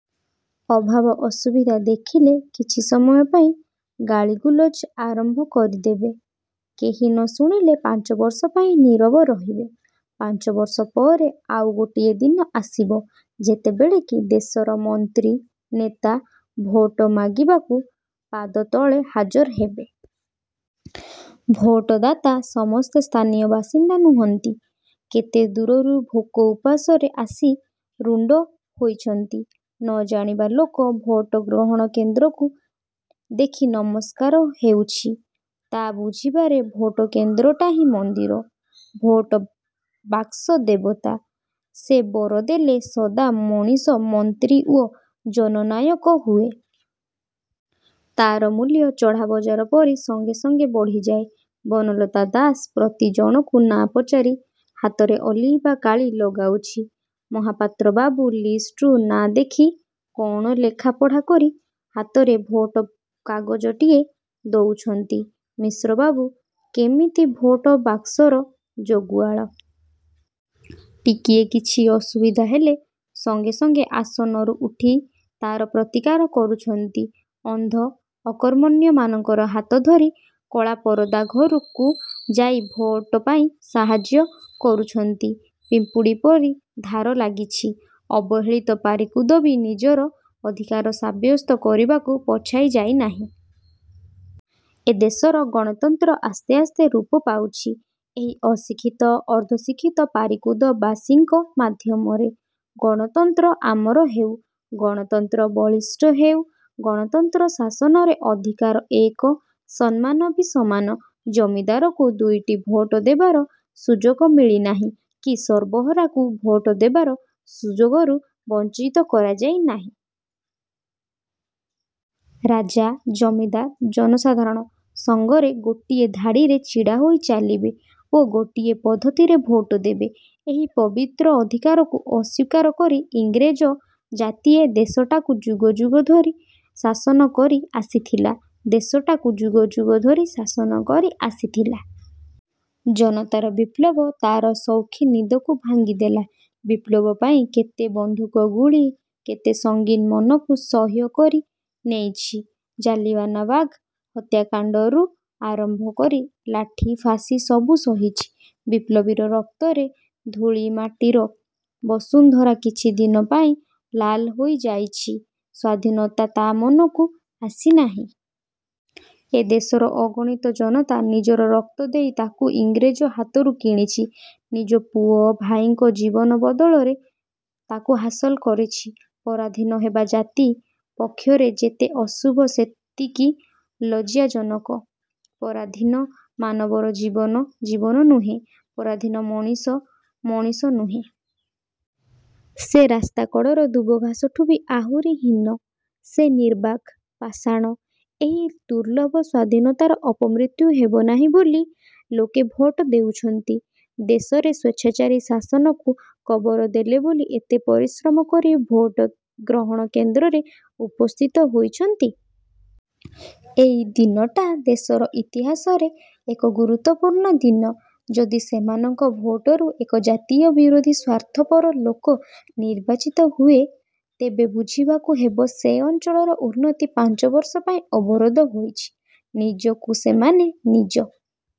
ଅଭାବ ଅସୁବିଧା ଦେଖିଲେ କିଛିସମୟ ପାଇଁ ଗାଳିଗୁଲଜ ଆରମ୍ଭ କରିଦେବେ। କେହି ନ ଶୁଣିଲେ ପାଞ୍ଚ ବର୍ଷପାଇଁ ନୀରବ ରହିବେ। ପାଞ୍ଚ ବର୍ଷ ପରେ ଆଉ ଗୋଟିଏ ଦିନ ଆସିବ, ଯେତେବେଳେ କି ଦେଶର ମନ୍ତ୍ରୀ, ନେତା ଭୋଟ ମାଗିବାକୁ ପାଦ ତଳେ ହାଜର ହେବେ। ଭୋଟଦାତା ସମସ୍ତେ ସ୍ଥାନୀୟ ବାସିନ୍ଦା ନୁହନ୍ତି। କେତେ ଦୂରରୁ ଭୋକ ଉପାସରେ ଆସି ରୁଣ୍ଡ ହୋଇଛନ୍ତି। ନ ଜାଣିବା ଲୋକ ଭୋଟ ଗ୍ରହଣ କେନ୍ଦ୍ରକୁ ଦେଖି ନମସ୍କାର ହେଉଛି। ତା' ବୁଝିବାରେ ଭୋଟ କେନ୍ଦ୍ରଟାହିଁ ମନ୍ଦିର। ଭୋଟ ବାକ୍ସ ଦେବତା। ସେ ବର ଦେଲେ ସାଦା ମଣିଷ ମନ୍ତ୍ରୀ ଓ ଜନନାୟକ ହୁଏ। ତା'ର ମୂଲ୍ୟ ଚଢ଼ା ବଜାର ପରି ସଙ୍ଗେ ସଙ୍ଗେ ବଢ଼ିଯାଏ। ବନଲତା ଦାସ ପ୍ରତି ଜଣକୁ ନାଁ ପଚାରି ହାତରେ ଅଲିଭା କାଳି ଲଗାଉଛି। ମହାପାତ୍ର ବାବୁ ଲିଷ୍ଟରୁ ନାଁ ଦେଖି କଣ ଲେଖା ପଢ଼ା କରି ହାତରେ ଭୋଟ କାଗଜଟିଏ ଦେଉଛନ୍ତି।। ମିଶ୍ରବାବୁ କେମିତି ଭୋଟ ବାକ୍ସର ଜଗୁଆଳ। ଟିକିଏ କିଛି ଅସୁବିଧା ହେଲେ ସଙ୍ଗେ ସଙ୍ଗେ ଆସନରୁ ଉଠି ତା'ର ପ୍ରତିକାର କରୁଛନ୍ତି। ଅନ୍ଧ ଅକର୍ମଣ୍ୟମାନଙ୍କର ହାତଧରି କଳାପରଦା ଘରକୁ ଯାଇ ଭୋଟପାଇଁ ସାହାଯ୍ୟ କରୁଛନ୍ତି। ପିମ୍ପୁଡ଼ିପରି ଧାର ଲାଗିଛି। ଅବହେଳିତ ପାରିକୁଦ ବି ନିଜର ଅଧିକାର ସାବ୍ୟସ୍ତ କରିବାକୁ ପଛାଇ ଯାଇ ନାହିଁ। ଏ ଦେଶର ଗଣତନ୍ତ୍ର ଆସ୍ତେ ଆସ୍ତେ ରୂପ ପାଉଛି, ଏହି ଅଶିକ୍ଷିତ, ଅର୍ଦ୍ଧଶିକ୍ଷିତ ପାରିକୁଦ ବାସୀଙ୍କ ମାଧ୍ୟମରେ। ଗଣତନ୍ତ୍ର ଅମର ହେଉ। ଗଣତନ୍ତ୍ର ବଳିଷ୍ଠ ହେଉ। ଗଣତନ୍ତ୍ର ଶାସନରେ ଅଧିକାର ଏକ, ସମ୍ମାନ ବି ସମାନ। ଜମିଦାରକୁ ଦୁଇଟି ଭୋଟ ଦେବାର ସୁଯୋଗ ମିଳିନାହିଁ କି ସର୍ବହରାକୁ ଭୋଟ ଦେବାର ସୁଯୋଗରୁ ବଞ୍ଚିତ କରାଯାଇ ନାହିଁ। ରାଜା, ଜମିଦାର ଜନସାଧାରଣ ସଙ୍ଗରେ ଗୋଟିଏ ଧାଡ଼ିରେ ଛିଡ଼ାହୋଇ ଚାଲିବେ ଓ ଗୋଟିଏ ପଦ୍ଧତିରେ ଭୋଟ ଦେବେ। ଏହି ପବିତ୍ର ଅଧିକାରକୁ ଅସ୍ୱୀକାର କରି ଇଂରେଜ ଜାତିଏ ଦେଶଟାକୁ ଯୁଗ ଯୁଗ ଧରି ଶାସନ କରି ଆସିଥିଲା। ଦେଶଟାକୁ ଯୁଗ ଯୁଗ ଧରି ଶାସନ କରି ଆସିଥିଲା। ଜନତାର ବିପ୍ଳବ ତା'ର ସୌଖୀନି ନିଦକୁ ଭାଙ୍ଗିଦେଲା। ବିପ୍ଳବପାଇଁ କେତେ ବନ୍ଧୁକ ଗୁଳି, କେତେ ସଙ୍ଗୀନ ମୁନକୁ ସହ୍ୟ କରି ନେଇଛି। ଜାଲିଆନାବାଗ ହତ୍ୟାକାଣ୍ଡଠାରୁ ଆରମ୍ଭ କରି ଲାଠୀ, ଫାଶୀ ସବୁ ସହିଛି। ବିପ୍ଳବୀର ରକ୍ତରେ ଧୂଳିମାଟିର ବସୁନ୍ଧରା କିଛିଦିନପାଇଁ ଲାଲ ହୋଇ ଯାଇଛି। ସ୍ୱାଧୀନତା ତା' ମନକୁ ଆସି ନାହିଁ! ଏ ଦେଶର ଅଗଣିତ ଜନତା ନିଜର ରକ୍ତ ଦେଇ ତାକୁ ଇଂରେଜ ହାତରୁ କିଣିଛି। ନିଜ ପୁଅ, ଭାଇଙ୍କ ଜୀବନ ବଦଳରେ ତାକୁ ହାସଲ କରିଛି। ପରାଧୀନ ହେବା ଜାତି ପକ୍ଷରେ ଯେତେ ଅଶୁଭ ସେତିକି ଲଜ୍ଜାଜନକ। ପରାଧୀନ ମାନବର ଜୀବନ, ଜୀବନ ନୁହେଁ। ପରାଧୀନ ମଣିଷ, ମଣିଷ ନୁହେଁ। ସେ ରାସ୍ତାକଡ଼ର ଦୁବଘାସଠୁ ବି ଆହୁରି ହୀନ। ସେ ନିର୍ବାକ ପାଷାଣ। ଏହି ଦୁର୍ଲଭ ସ୍ୱାଧୀନତାର ଅପମୃତ୍ୟୁ ହେବ ନାହିଁ ବୋଲି ଲୋକେ ଭୋଟ ଦେଉଛନ୍ତି। ଦେଶରେ ସ୍ୱେଚ୍ଛାଚାରୀ ଶାସନକୁ କବର ଦେବେ ବୋଲି ଏତେ ପରିଶ୍ରମ କରି ଭୋଟ ଗ୍ରହଣ କେନ୍ଦ୍ରରେ ଉପସ୍ଥିତ ହୋଇଛନ୍ତି। ଏଇ ଦିନଟା ଦେଶର ଇତିହାସରେ ଏକ ଗୁରୁତ୍ୱପୂର୍ଣ୍ଣ ଦିନ। ଯଦି ସେମାନଙ୍କ ଭୋଟରୁ ଏକ ଜାତୀୟ ବିରୋଧୀ, ସ୍ୱାର୍ଥପର ଲୋକ ନିର୍ବାଚିତ ହୁଏ, ତେବେ ବୁଝିବାକୁ ହେବ ସେ ଅଞ୍ଚଳର ଉନ୍ନତି ପାଞ୍ଚ ବର୍ଷପାଇଁ ଅବରୋଧ ହୋଇଛି। ନିଜକୁ ସେମାନେ ନିଜ